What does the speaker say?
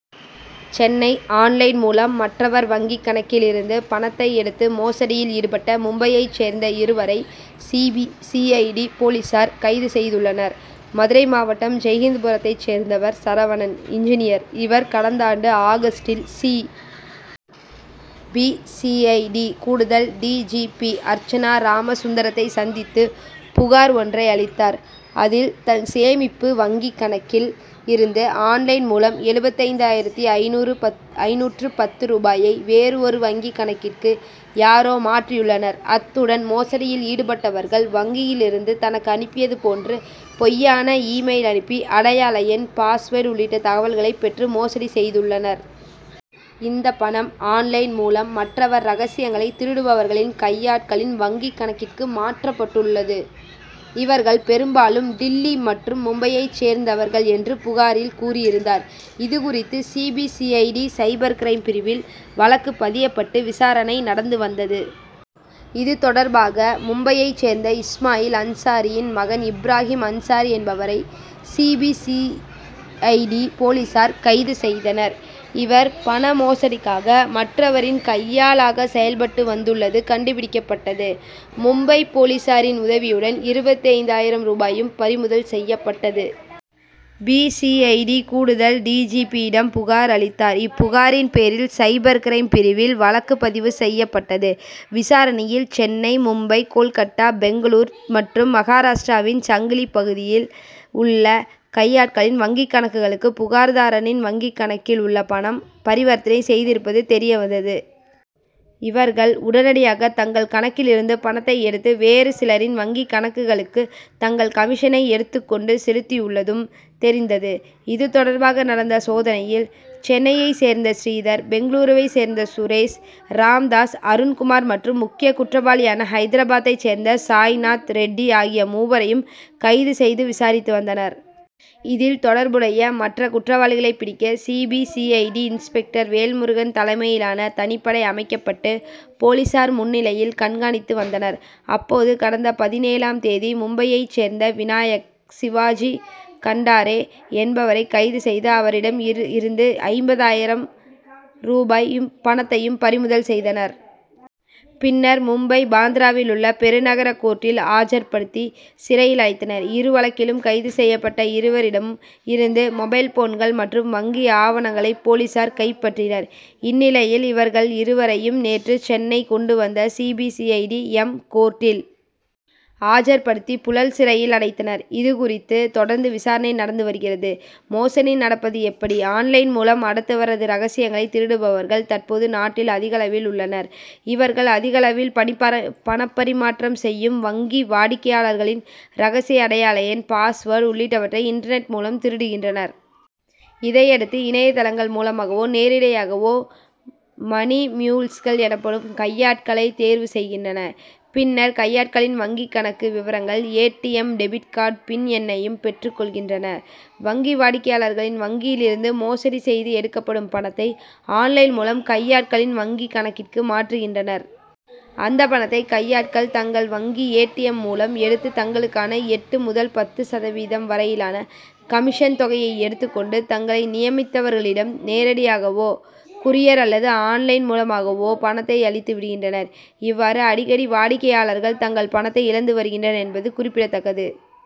Chennai online மூலம் மற்றவர் வங்கிக் கணக்கில் இருந்த பணத்தை எடுத்து மோசடியில் ஈடுபட்ட மும்பையைச் சேர்ந்த இருவரை, C. B. C. I. D. போலீசார் கைது செய்துள்ளனர். மதுரை மாவட்டம், ஜெய்ஹிந்த்புரத்தைச் சேர்ந்தவர் சரவணன் இன்ஜினியர். இவர், கடந் தாண்டு ஆகஸ்டில் C. B. C. I. D. கூடுதல் டி. ஜி. பி. அர்ச்சனா ராமசுந்தரத்தை சந்தித்து புகார் ஒன்றை அளித்தார். அதில், தன் சேமிப்பு வங்கிக் கணக்கில் இருந்து, ஆன்-லைன் மூலம் எழுபத்தைந்தாயிரத்து ஐநூற்று பத்து ரூபாயை வேறு ஒரு வங்கிக் கணக்கிற்கு யாரோ மாற்றியுள்ளனர். அத்துடன், மோசடியில் ஈடுபட்டவர்கள் வங்கியில் இருந்து தனக்கு அனுப்பியது போன்று பொய்யான இ-மெயில் அனுப்பி, அடையாள எண், பாஸ்வேர்டு உள்ளிட்ட தகவல்களை பெற்று மோசடி செய்துள்ளனர். இந்த பணம் ஆன்-லைன் மூலம் மற்றொருவர் ரகசியங்களை திருடுபவர்களின் கையாட்களின் வங்கிக் கணக்கிற்கு மாற்றப்பட்டுள்ளது. இவர்கள் பெரும் பாலும் டில்லி மற்றும் மும்பையைச் சேர்ந்தவர்கள் என்று புகாரில் கூறியிருந்தார். இதுகுறித்து, C. B. C. I. D. Cyber crime பிரிவில், வழக்கு பதியப்பட்டு விசாரணை நடந்து வந்தது. இது தொடர்பாக, மும்பையைச் சேர்ந்த இஸ்மாயில் அன்சாரியின் மகன் இப்ராகிம் அன்சாரி என்பவரை C. B. C. I. D. போலீசார் கைது செய்தனர். இவர், பண மோசடிக்காக மற்றொருவரின் கையாளாக செயல்பட்டு வந்துள்ளது கண்டுபிடிக்கப்பட்டது. மும்பை போலீசாரின் உதவியுடன், இருபத்தைந்து ஆயிரம் ரூபாயும் பறிமுதல் செய்யப்பட்டது. பி. சி. ஐ. டி.கூடுதல் டி. ஜி. பி.யிடம் புகார் அளித் தார். இப்புகாரின் பேரில் சைபர் கிரைம் பிரிவில் வழக்கு பதிவு செய்யப்பட்டது. விசாரணையில், சென்னை, மும்பை, கோல்கட்டா, பெங்களூரு மற்றும் மகாராஷ்டிராவின் சங்கிலி பகுதிகளில் உள்ள கையாட்களின் வங்கிக் கணக்குகளுக்கு, புகார்தாரரின் வங்கிக்கணக்கில் உள்ள பணம் பரிவர்த்தனை செய்திருப்பது தெரிந்தது. இவர்கள், உடனடியாக தங்கள் கணக்கில் இருந்து பணத்தை எடுத்து வேறு சிலரின் வங்கிக் கணக்குகளுக்கு, தங்கள் கமிஷனை எடுத்துக் கொண்டு செலுத்தியுள்ளதும் தெரிந்தது. இது தொடர்பாக நடந்த சோதனையில், சென்னையைச் சேர்ந்த ஸ்ரீதர், பெங்களூருவைச் சேர்ந்த சுரேஷ் ராம்தாஸ், அருண்குமார் மற்றும் முக்கிய குற்றவாளியான ஐதராபாத்தைச் சேர்ந்த சாய்நாத் ரெட்டி ஆகிய மூவரையும் கைது செய்து விசாரித்து வந்தனர். இதில், தொடர்புடைய மற்ற குற்றவாளிகளை பிடிக்க C. B. C. I. D., inspector Velmurugan தலைமையிலான தனிப்படை அமைக் கப்பட்டு போலீசார் மும்பையில் கண்காணித்து வந்தனர். அப்போது, கடந்த பதினேழாம் தேதி மும்பையைச் சேர்ந்த விநாயக் சிவாஜி கண்டாரே என்பவரை கைது செய்து, அவரிடம் இருந்து ஐம்பதாயிரம் ரூபாய் பணத்தையும் பறிமுதல் செய்தனர். பின்னர், மும்பை, பாந்த்ராவில் உள்ள பெருநகர கோர்ட்டில் ஆஜர்படுத்தி சிறையில் அடைத்தனர். இருவழக்கிலும் கைது செய்யப்பட்ட இருவரிடமும் இருந்து மொபைல் போன்கள் மற்றும் வங்கி ஆவணங்களை போலீசார் கைப்பற்றினர். இந்நிலையில், இவர்கள் இருவரையும் நேற்று சென்னை கொண்டு வந்த சி. பி. சி. ஐ. எம்.கோர்ட்டில் ஆஜர் படுத்தி, புழல் சிறையில் அடைத்தனர். இதுகுறித்து, தொடர்ந்து விசாரணை நடந்து வருகிறது. மோசடி நடப்பது எப்படி? ஆன்-லைன் மூலம் அடுத்தவரது ரகசியங்களை திருடுபவர்கள் தற்போது நாட்டில் அதிகளவில் உள்ளனர். இவர்கள், அதிகளவில் பணப்பரிமாற்றம் செய்யும் வங்கி வாடிக்கையாளர்களின் ரகசிய அடையாள எண், பாஸ் வேர்டு உள்ளிட்டவற்றை இன்டர்நெட் மூலம் திருடுகின்றனர். இதையடுத்து, இணையதளங்கள் மூலமாகவோ, நேரிடையாகவோ மணிமியூல்ஸ்கள் எனப்படும் கையாட்களை தேர்வு செய்கின்றனர். பின்னர் கையாட்களின் வங்கிக் கணக்கு விவரங்கள், A. T. M. Debit card, PIN எண்ணையும் பெற்றுக் கொள்கின்றனர். வங்கி வாடிக்கையாளர்களின் வங்கிகளில் இருந்து மோசடி செய்து எடுக்கப்படும் பணத்தை, ஆன்-லைன் மூலம் கையாட்களின் வங்கிக் கணக்கிற்கு மாற்றுகின்றனர். அந்த பணத்தை கையாட்கள், தங்கள் வங்கி ஏ. டி. எம்., மூலம் எடுத்து தங்களுக்கான எட்டு முதல் பத்து சதவீதம் வரையிலான கமிஷன் தொகையை எடுத்துக் கொண்டு, தங்களை நியமித்தவர்களிடம் நேரிடையாகவோ, கூரியர் அல்லது ஆன்-லைன் மூலமாகவோ பணத்தை அளித்து விடுகின்றனர். இவ்வாறு அடிக்கடி வாடிக்கையாளர்கள் தங்கள் பணத்தை இழந்து வருகின்றனர் என்பது குறிப்பிடத்தக்கது.